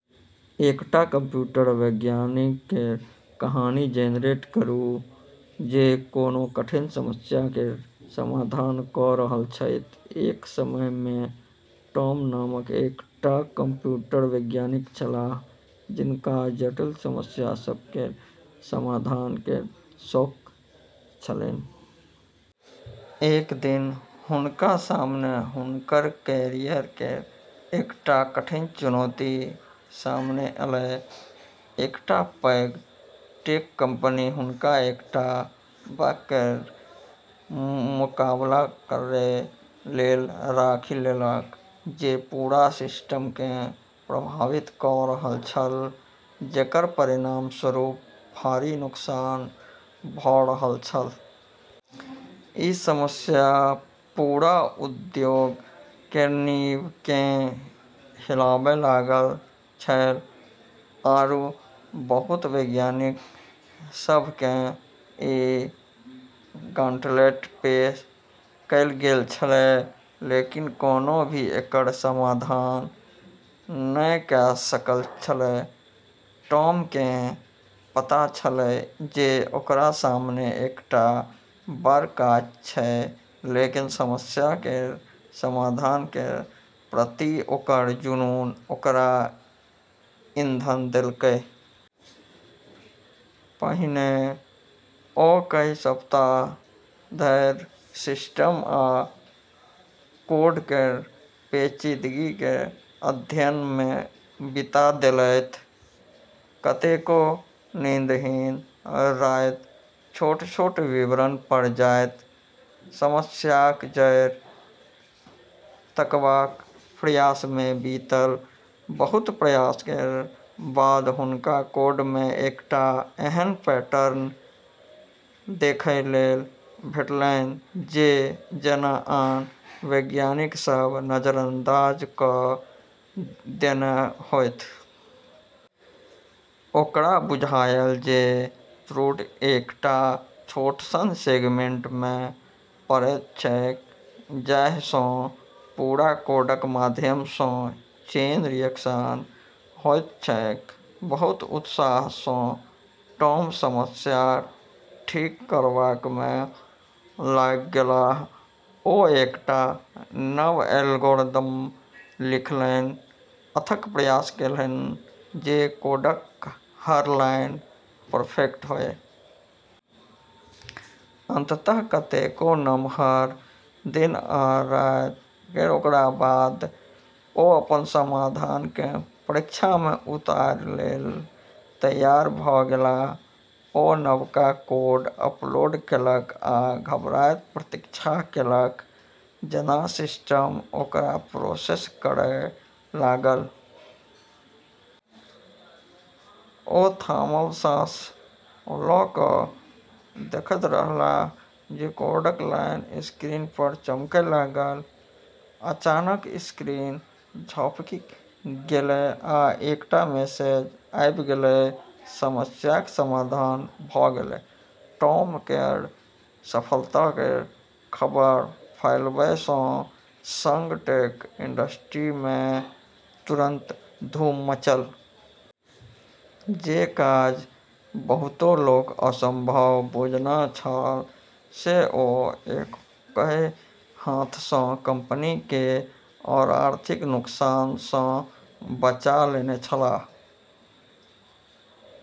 एकटा कंप्यूटर वैज्ञानिक केर कहानी जेनरेट करू जे कोनो कठिन समस्या केर समाधान कऽ रहल छैथ। एक समय मे टॉम नामक एकटा कंप्यूटर वैज्ञानिक छलाह, जिनका जटिल समस्या सभ केर समाधान केर शौक छलन्हि। एक दिन हुनका सामने हुनकर कैरियर केर एकटा कठिन चुनौती सामने एलै। एकटा पैघ टेक कंपनी हुनका एकटा बग केर मुकाबला करै लेल राखि लेलक जे पूरा सिस्टम केँ प्रभावित कऽ रहल छल, जेकर परिणामस्वरूप भारी नुकसान भऽ रहल छल। ई समस्या पूरा उद्योग केर नींव केँ हिलाबै लागल छलै, आरू बहुत वैज्ञानिक सभ केँ ई गॉन्टलेट पेश कएल गेल छलै लेकिन कोनो भी एकर समाधान नहि कऽ सकल छलै। टॉम केँ पता छलै जे ओकरा सामने एकटा बड़ काज छै, लेकिन समस्या केर समाधान केर प्रति ओकर जुनून ओकरा ईंधन देलकै। पहिने ओ कई सप्ताह धरि सिस्टम आ कोड केर पेचीदगी केर अध्ययन मे बिता देलथि। कतेको नींदहीन राति छोट-छोट विवरण पर जाइत, समस्याक जड़ि तकबाक प्रयास मे बीतल। बहुत प्रयास केर बाद हुनका कोड मे एकटा एहन पैटर्न देखै लेल भेटलन्हि जे जेना आन वैज्ञानिक सभ नजरअंदाज कऽ देने होथि। ओकरा बुझायल जे त्रुटि एकटा छोट सन सेगमेंट मे पड़ैत छैक, जाहि सँ पूरा कोडक माध्यम सँ चेन रिएक्शन होइत छैक। बहुत उत्साह सँ टॉम समस्या ठीक करबा मे लागि गेलाह। ओ एकटा नव एल्गोरिदम लिखलन्हि, अथक प्रयास केलन्हि जे कोडक हर लाइन परफेक्ट होअए। अंततः कतेको नमहर दिन आ राति केर बाद ओ अपन समाधान केँ परीक्षा मे उतारै लेल तैयार भऽ गेलाह। ओ नवका कोड अपलोड केलक आ घबराइत प्रतीक्षा केलक जेना सिस्टम ओकरा प्रोसेस करै लागल। ओ थामल साँस लऽ कऽ देखैत रहलाह जे कोडक लाइन स्क्रीन पर चमकै लागल। अचानक स्क्रीन झपकि गेलै आ एकटा मैसेज आबि गेलै समस्याक समाधान भऽ गेलै! टॉम केर सफलता केर खबर फैलबै सँ संग टेक इंडस्ट्री मे तुरंत धूम मचल। जे काज बहुतो लोक असंभव बुझने छल से ओ एकहि हाथ सँ कंपनी केँ आओर आर्थिक नुकसान सँ बचा लेने छलाह।